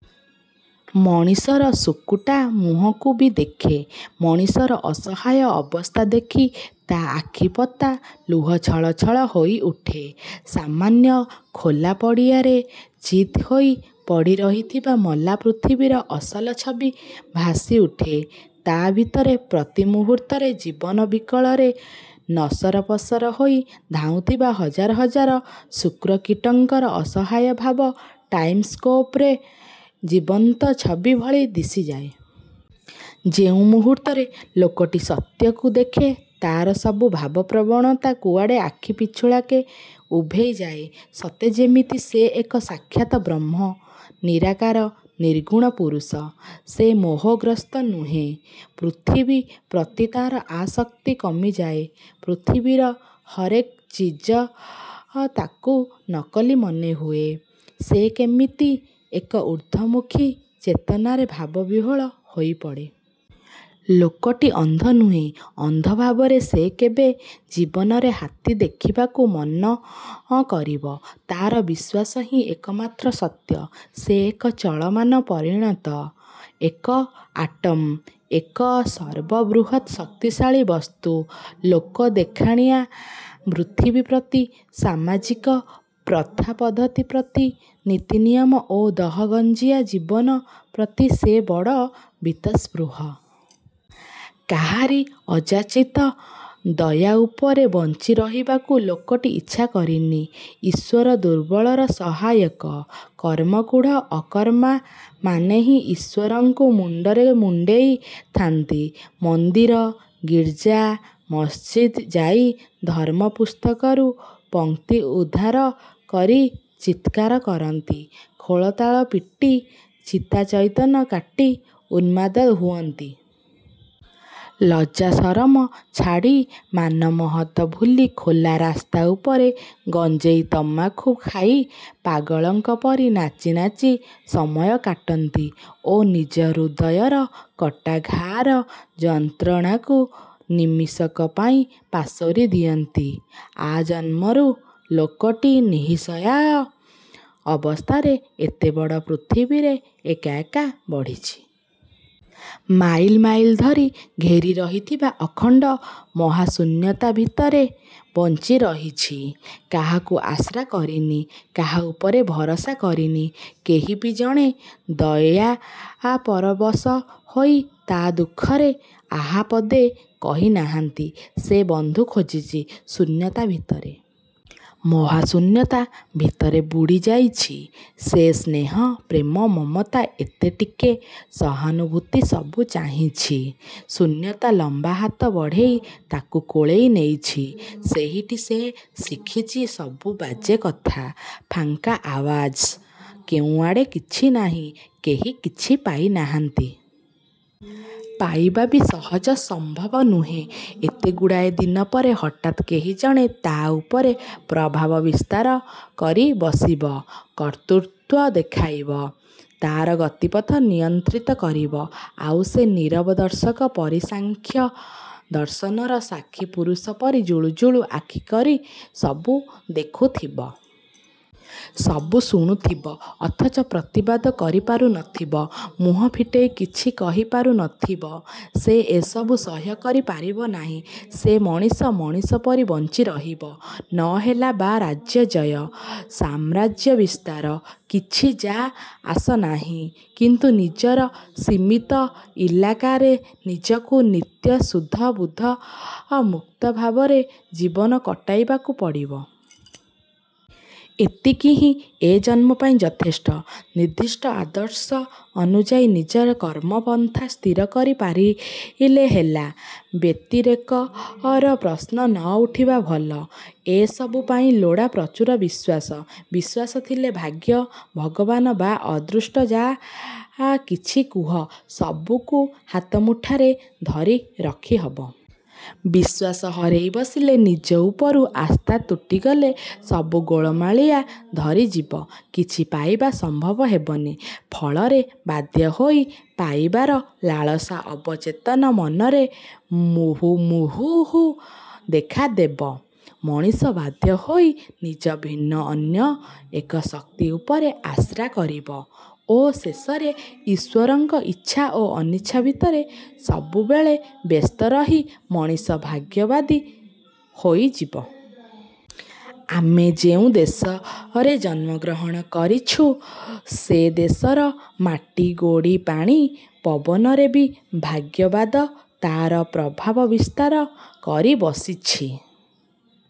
ମଣିଷର ସୁକୁଟା ମୁହଁକୁ ବି ଦେଖେ। ମଣିଷର ଅସହାୟ ଅବସ୍ଥା ଦେଖି ତା' ଆଖିପତା ଲୁହ ଛଳଛଳ ହୋଇଉଠେ। ସାମାନ୍ୟ ଖୋଲା ପଡ଼ିଆରେ ଚିତ୍ ହୋଇ ପଡ଼ିରହିଥିବା ମଲା ପୃଥିବୀର ଅସଲ ଛବି ଭାସିଉଠେ। ତା' ଭିତରେ ପ୍ରତି ମୁହୂର୍ତ୍ତରେ ଜୀବନ ବିକଳରେ ନସରପସର ହୋଇ ଧାଉଁଥିବା ହଜାର ହଜାର ଶୁକ୍ରକୀଟଙ୍କର ଅସହାୟ ଭାବ ଟାଇମ୍ ସ୍କୋପରରେ ଜୀବନ୍ତ ଛବି ଭଳି ଦିଶିଯାଏ। ଯେଉଁ ମୁହୂର୍ତ୍ତରେ ଲୋକଟି ସତ୍ୟକୁ ଦେଖେ ତା'ର ସବୁ ଭାବପ୍ରବଣତା କୁଆଡ଼େ ଆଖି ପିଛୁଳାକେ ଉଭେଇ ଯାଏ। ସତେ ଯେମିତି ସେ ଏକ ସାକ୍ଷାତ ବ୍ରହ୍ମ, ନିରାକାର, ନିର୍ଗୁଣ ପୁରୁଷ। ସେ ମୋହଗ୍ରସ୍ତ ନୁହେଁ। ପୃଥିବୀ ପ୍ରତି ତା'ର ଆସକ୍ତି କମିଯାଏ। ପୃଥିବୀର ହରେକ୍ ଚିଜ ତାକୁ ନକଲି ମନେହୁଏ, ସେ କେମିତି ଏକ ଊର୍ଦ୍ଧ୍ୱମୁଖୀ ଚେତନାରେ ଭାବବିହ୍ୱଳ ହୋଇପଡ଼େ। ଲୋକଟି ଅନ୍ଧନୁହେଁ। ଅନ୍ଧଭାବରେ ସେ କେବେ ଜୀବନରେ ହାତୀ ଦେଖିବାକୁ ମନ କରିବ। ତା'ର ବିଶ୍ୱାସ ହିଁ ଏକମାତ୍ର ସତ୍ୟ। ସେ ଏକ ଚଳମାନ ପରିଣତ। ଏକ ଆଟମ୍। ଏକ ସର୍ବ ବୃହତ୍ ଶକ୍ତିଶାଳୀ ବସ୍ତୁ। ଲୋକ ଦେଖାଣିଆ ପୃଥିବୀ ପ୍ରତି, ସାମାଜିକ ପ୍ରଥାପଦ୍ଧତି ପ୍ରତି, ନୀତିନିୟମ ଓ ଦହଗଞ୍ଜିଆ ଜୀବନ ପ୍ରତି ସେ ବଡ଼ ବୀତସ୍ପୃହ। କାହାରି ଅଯାଚିତ ଦୟାଉପରେ ବଞ୍ଚି ରହିବାକୁ ଲୋକଟି ଇଚ୍ଛା କରିନି। ଈଶ୍ୱର ଦୁର୍ବଳର ସହାୟକ। କର୍ମକୁଢ଼ ଅକର୍ମା ମାନେହିଁ ଈଶ୍ୱରଙ୍କୁ ମୁଣ୍ଡରେ ମୁଣ୍ଡେଇ ଥାନ୍ତି। ମନ୍ଦିର, ଗିର୍ଜା, ମସ୍ଜିଦ୍, ଯାଇ ଧର୍ମ ପୁସ୍ତକରୁ ପଂକ୍ତି ଉଦ୍ଧାର କରି ଚିତ୍କାର କରନ୍ତି। ଖୋଳତାଳ ପିଟି ଚିତାଚଇତନ କାଟି ଉନ୍ମାଦ ହୁଅନ୍ତି। ଲଜ୍ଜାସରମ ଛାଡ଼ି ମାନମହତ ଭୁଲି ଖୋଲା ରାସ୍ତା ଉପରେ ଗଞ୍ଜେଇ ତମାଖୁ ଖାଇ ପାଗଳଙ୍କ ପରି ନାଚି ନାଚି ସମୟ କାଟନ୍ତି ଓ ନିଜ ହୃଦୟର କଟା ଘା'ର ଯନ୍ତ୍ରଣାକୁ ନିମିଷକ ପାଇଁ ପାସୋରି ଦିଅନ୍ତି। ଆଜନ୍ମରୁ ଲୋକଟି ନିଃସହାୟ ଅବସ୍ଥାରେ ଏତେବଡ଼ ପୃଥିବୀରେ ଏକା ଏକା ବଢ଼ିଛି। ମାଇଲ୍ ମାଇଲ୍ ଧରି ଘେରିରହିଥିବା ଅଖଣ୍ଡ ମହାଶୂନ୍ୟତା ଭିତରେ ବଞ୍ଚି ରହିଛି। କାହାକୁ ଆଶ୍ରା କରିନି। କାହା ଉପରେ ଭରସା କରିନି-। କେହି ବି ଜଣେ ଦୟା ପରବଶ ହୋଇ ତା' ଦୁଃଖରେ ଆହା ପଦେ କହି ନାହାନ୍ତି-। ସେ ବନ୍ଧୁ ଖୋଜିଛି ଶୂନ୍ୟତା ଭିତରେ। ମହାଶୂନ୍ୟତା ଭିତରେ ବୁଡ଼ିଯାଇଛି। ସେ ସ୍ନେହ, ପ୍ରେମ, ମମତା ଏତେ ଟିକେ ସହାନୁଭୂତି ସବୁ ଚାହିଁଛି। ଶୂନ୍ୟତା ଲମ୍ବା ହାତ ବଢ଼େଇ ତାକୁ କୋଳେଇ ନେଇଛି-। ସେଇଠି ସେ ଶିଖିଛି ସବୁ ବାଜେ କଥା। ଫାଙ୍କା ଆଓ୍ୱାଜ। କେଉଁ ଆଡ଼େ କିଛି ନାହିଁ। କେହି କିଛି ପାଇନାହାନ୍ତି। ପାଇବା ବି ସହଜ ସମ୍ଭବ ନୁହେଁ। ଏତେଗୁଡ଼ାଏ ଦିନ ପରେ ହଠାତ୍ କେହି ଜଣେ ତା' ଉପରେ ପ୍ରଭାବ ବିସ୍ତାର କରି ବସିବ। କର୍ତ୍ତୃତ୍ୱ ଦେଖାଇବ। ତା'ର ଗତିପଥ ନିୟନ୍ତ୍ରିତ କରିବ। ଆଉ ସେ ନୀରବ ଦର୍ଶକ ପରି ସାଂଖ୍ୟ ଦର୍ଶନର ସାକ୍ଷୀ ପୁରୁଷ ପରି ଜୁଳୁ ଜୁଳୁ ଆଖି କରି ସବୁ ଦେଖୁଥିବ। ସବୁ ଶୁଣୁଥିବ। ଅଥଚ ପ୍ରତିବାଦ କରିପାରୁନଥିବ। ମୁହଁ ଫିଟେଇ କିଛି କହିପାରୁନଥିବ।। ସେ ଏସବୁ ସହ୍ୟ କରି ପାରିବ ନାହିଁ। ସେ ମଣିଷ, ମଣିଷ ପରି ବଞ୍ଚି ରହିବ। ନ ହେଲା ବା' ରାଜ୍ୟଜୟ। ସାମ୍ରାଜ୍ୟ ବିସ୍ତାର। କିଛି ଯା' ଆସ ନାହିଁ। କିନ୍ତୁ ନିଜର ସୀମିତ ଇଲାକାରେ ନିଜକୁ ନିତ୍ୟ-ଶୁଦ୍ଧ-ବୁଦ୍ଧ ମୁକ୍ତ ଭାବରେ ଜୀବନ କଟେଇବାକୁ ପଡ଼ିବ। ଏତିକି ହିଁ ଏ ଜନ୍ମ ପାଇଁ ଯଥେଷ୍ଟ। ନିର୍ଦ୍ଦିଷ୍ଟ ଆଦର୍ଶ ଅନୁଯାୟୀ ନିଜର କର୍ମ ପନ୍ଥା ସ୍ଥିର କରି ପାରିଲେ ହେଲା। ବ୍ୟତିରେକର ପ୍ରଶ୍ନ ନ ଉଠିବା ଭଲ। ଏ ସବୁ ପାଇଁ ଲୋଡ଼ା ପ୍ରଚୁର ବିଶ୍ୱାସ। ବିଶ୍ୱାସ ଥିଲେ ଭାଗ୍ୟ, ଭଗବାନ ବା ଅଦୃଷ୍ଟ-ଯା କିଛି କୁହ, ସବୁକୁ ହାତମୁଠାରେ ଧରି ରଖିହବ। ବିଶ୍ୱାସ ହରେଇ ବସିଲେ, ନିଜ ଉପରୁ ଆସ୍ଥା ତୁଟିଗଲେ ସବୁ ଗୋଳମାଳିଆ ଧରିଯିବ। କିଛି ପାଇବା ସମ୍ଭବ ହେବନି। ଫଳରେ ବାଧ୍ୟ ହୋଇ ପାଇବାର ଲାଳସା ଅବଚେତନ ମନରେ ମୁହୁର୍ମୁହୁଃ ଦେଖାଦେବ। ମଣିଷ ବାଧ୍ୟହୋଇ ନିଜ ଭିନ୍ନ ଅନ୍ୟ ଏକ ଶକ୍ତି ଉପରେ ଆଶ୍ରା କରିବ ଓ ଶେଷରେ ଈଶ୍ୱରଙ୍କ ଇଚ୍ଛା ଓ ଅନିଚ୍ଛା ଭିତରେ ସବୁବେଳେ ବ୍ୟସ୍ତରହି ମଣିଷ ଭାଗ୍ୟବାଦୀ ହୋଇଯିବ। ଆମେ ଯେଉଁ ଦେଶରେ ଜନ୍ମଗ୍ରହଣ କରିଛୁ, ସେଦେଶର ମାଟି, ଗୋଡ଼ି ପାଣି ପବନରେ ବି ଭାଗ୍ୟବାଦ ତା'ର ପ୍ରଭାବ ବିସ୍ତାର କରି ବସିଛି।